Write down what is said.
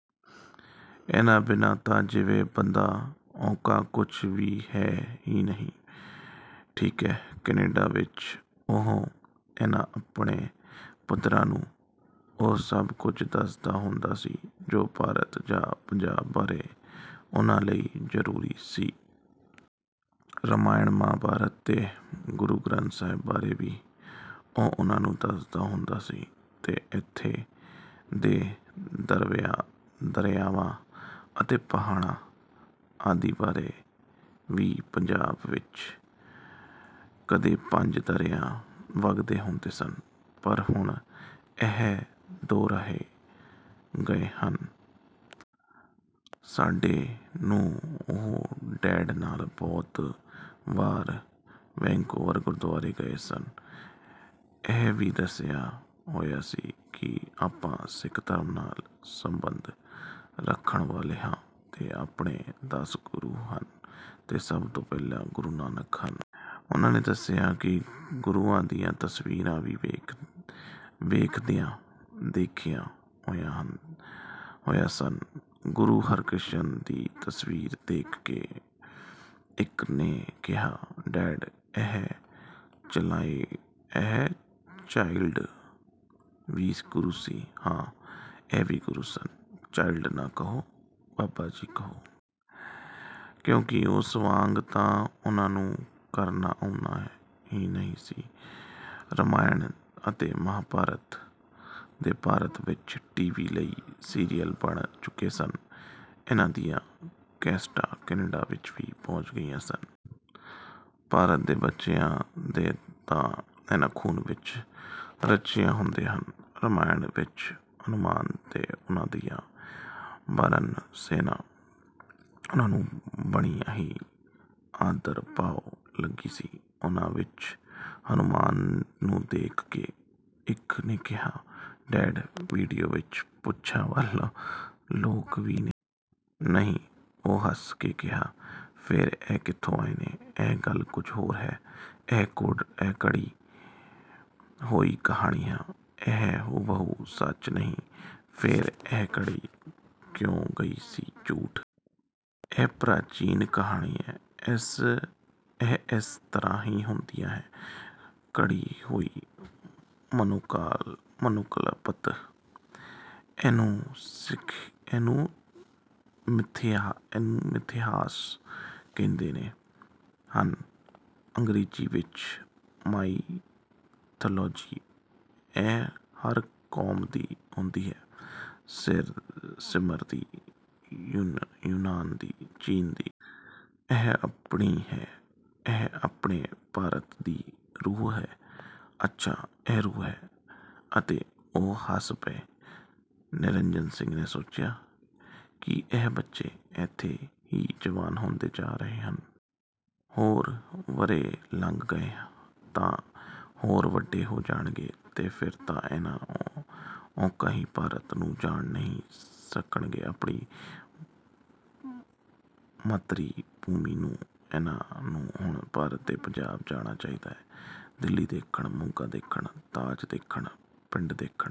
ਇਹਨਾਂ ਬਿਨਾਂ ਤਾਂ ਜਿਵੇਂ ਬੰਦਾ ਉਕਾ ਕੁਝ ਵੀ ਹੈ ਹੀ ਨਹੀਂ। ਠੀਕ ਹੈ, ਕੈਨੇਡਾ ਵਿਚ, ਉਹ ਇਹਨਾਂ ਆਪਣੇ ਪੁੱਤਰਾਂ ਨੂੰ ਉਹ ਸਭ ਕੁੱਝ ਦੱਸਦਾ ਹੁੰਦਾ ਸੀ ਜੋ ਭਾਰਤ ਜਾਂ ਪੰਜਾਬ ਬਾਰੇ ਉਹਨਾਂ ਲਈ ਜ਼ਰੂਰੀ ਸੀ। ਰਾਮਾਇਣ, ਮਹਾਂਭਾਰਤ ਤੇ ਗੁਰੂ ਗਰੰਥ ਸਾਹਿਬ ਬਾਰੇ ਵੀ ਉਹ ਉਹਨਾਂ ਨੂੰ ਦੱਸਦਾ ਹੁੰਦਾ ਸੀ ਤੇ ਏਥੇ ਦੇ ਦਰਿਆਵਾਂ ਅਤੇ ਪਹਾੜਾਂ ਆਦਿ ਬਾਰੇ ਵੀ। ਪੰਜਾਬ ਵਿਚ ਕਦੇ ਪੰਜ ਦਰਿਆ ਵੱਗਦੇ ਹੁੰਦੇ ਸਨ ਪਰ ਹੁਣ ਇਹ ਦੋ ਰਹਿ ਗਏ ਹਨ। ਸਾਡੇ ਨੂੰ ਉਹ ਡੈਡ ਨਾਲ ਬਹੁਤ ਵਾਰ ਵੈਨਕੂਵਰ ਗੁਰਦਵਾਰੇ ਗਏ ਸਨ। ਇਹ ਵੀ ਦੱਸਿਆ ਹੋਇਆ ਸੀ ਕਿ ਆਪਾਂ ਸਿੱਖ ਧਰਮ ਨਾਲ ਸੰਬੰਧ ਰੱਖਣ ਵਾਲੇ ਹਾਂ ਤੇ ਆਪਣੇ ਦਸ ਗੁਰੂ ਹਨ ਤੇ ਸਭ ਤੋਂ ਪਹਿਲੇ ਗੁਰੂ ਨਾਨਕ ਹਨ। ਉਹਨਾਂ ਨੇ ਦਸਿਆ ਕਿ ਗੁਰੂਆਂ ਦੀਆਂ ਤਸਵੀਰਾਂ ਵੀ ਦੇਖੀਆਂ ਹੋਈਆਂ ਸਨ। ਗੁਰੂ ਹਰਿਕ੍ਰਿਸ਼ਨ ਦੀ ਤਸਵੀਰ ਦੇਖ ਕੇ ਇੱਕ ਨੇ ਕਿਹਾ: "ਡੈਡ, ਇਹ ਚਾਈਲਡ ਵੀ ਗੁਰੂ ਸੀ? " "ਹਾਂ, ਇਹ ਵੀ ਗੁਰੂ ਸਨ। ਚਾਈਲਡ ਨਾ ਕਹੋ, ਬਾਬਾ ਜੀ ਕਹੋ। ਕਿਉਂਕਿ ਉਸ ਵਾਂਗ ਤਾਂ ਉਹਨਾਂ ਨੂੰ ਕਰਨਾ ਆਉਂਦਾ ਹੀ ਨਹੀਂ ਸੀ। ਰਾਮਾਇਣ ਅਤੇ ਮਹਾਂਭਾਰਤ ਦੇ ਭਾਰਤ ਵਿਚ ਟੀ. ਵੀ. ਲਈ ਸੀਰੀਅਲ ਬਣ ਚੁੱਕੇ ਸਨ ਤੇ ਇਹਨਾਂ ਦੀਆਂ ਕੈਸਟਾਂ ਕੈਨੇਡਾ ਵੀ ਪਹੁੰਚ ਗਈਆਂ ਸਨ। ਭਾਰਤ ਦੇ ਬੱਚਿਆਂ ਦੇ ਤਾਂ ਇਹਨਾ ਖੂਨ ਵਿਚ ਰਚੀਆਂ ਹੁੰਦੀਆਂ ਹਨ। ਰਾਮਾਇਣ ਵਿਚ ਹਨੂਮਾਨ ਤੇ ਉਹਨਾਂ ਦੀ ਬਾਨਰ ਸੈਨਾ ਉਹਨਾਂ ਨੂੰ ਬੜੀ ਹੀ ਆਦਰਭਾਵ ਲੱਗੀ ਸੀ। ਉਹਨਾਂ ਵਿਚ ਹਨੂਮਾਨ ਨੂੰ ਦੇਖ ਕੇ, ਇਕ ਨੇ ਕਿਹਾ ਸੀ: "ਡੈਡ, ਇੰਡੀਆ ਵਿਚ ਪੂਛਾਂ ਵਾਲੇ ਲੋਕ ਵੀ ਨੇ? " "ਨਹੀਂ"। ਉਹ ਹੱਸ ਕੇ ਕਿਹਾ? " "ਫੇਰ ਇਹ ਕਿਥੋਂ ਆਏ ਨੇ?" "ਇਹ ਗੱਲ ਕੁਝ ਹੋਰ ਹੈ। ਇਹ ਕੋਟ ਇਹ ਘੜੀ ਹੋਈ ਕਹਾਣੀ ਹੈ। ਇਹ ਹੁਬਹੂ ਸੱਚ ਨਹੀਂ। " "ਫੇਰ ਇਹ ਘੜੀ ਕਿਉਂ ਗਈ ਸੀ ਝੂਠ? " "ਇਹ ਪ੍ਰਚੀਨ ਕਹਾਣੀ ਹੈ। ਇਹ ਇਸ ਤਰ੍ਹਾਂ ਹੀ ਹੁੰਦੀਆ ਹੈ। ਘੜੀ ਹੋਈ ਮਨੋਕਲਪਤ। ਇਹਨੂੰ ਮਿਥਿਹਾਸ ਕਹਿੰਦੇ ਹਨ। ਅੰਗਰੇਜ਼ੀ ਵਿਚ ਮਾਈਥਾਲੋਜੀ। ਇਹ ਹਰ ਕੌਮ ਦੀ ਹੁੰਦੀ ਹੈ। ਸਿਮਰ ਦੀ, ਯੂਨਾਨ ਦੀ, ਚੀਨ ਦੀ। ਇਹ ਆਪਣੀ ਹੈ। ਇਹ ਆਪਣੇ ਭਾਰਤ ਦੀ ਰੂਹ ਹੈ। " "ਅੱਛਾ, ਇਹ ਰੂਹ ਹੈ। " ਅਤੇ ਉਹ ਹੱਸ ਪਏ। ਨਿਰੰਜਨ ਸਿੰਘ ਨੇ ਸੋਚਿਆ ਕਿ ਇਹ ਬੱਚੇ ਏਥੇ ਹੀ ਜਵਾਨ ਹੁੰਦੇ ਜਾ ਰਹੇ ਹਨ। ਹੋਰ ਵਰ੍ਹੇ ਲੰਘ ਗਏ ਤਾਂ ਹੋਰ ਵੱਡੇ ਹੋ ਜਾਣਗੇ ਤੇ ਫੇਰ ਤਾਂ ਇਹਨਾ ਉਕਾ ਹੀ ਭਾਰਤ ਨੂੰ ਜਾਣ ਨਹੀਂ ਸਕਣਗੇ-ਆਪਣੀ ਮਾਤਰੀ-ਭੂਮੀ ਨੂੰ। ਇਹਨਾਂ ਨੂੰ ਹੁਣ ਭਾਰਤ ਤੇ ਪੰਜਾਬ ਜਾਣਾ ਚਾਹੀਦਾ ਹੈ। ਦਿੱਲੀ ਦੇਖਣ, ਮੋਗਾ ਦੇਖਣ, ਤਾਜ ਦੇਖਣ, ਪਿੰਡ ਦੇਖਣ।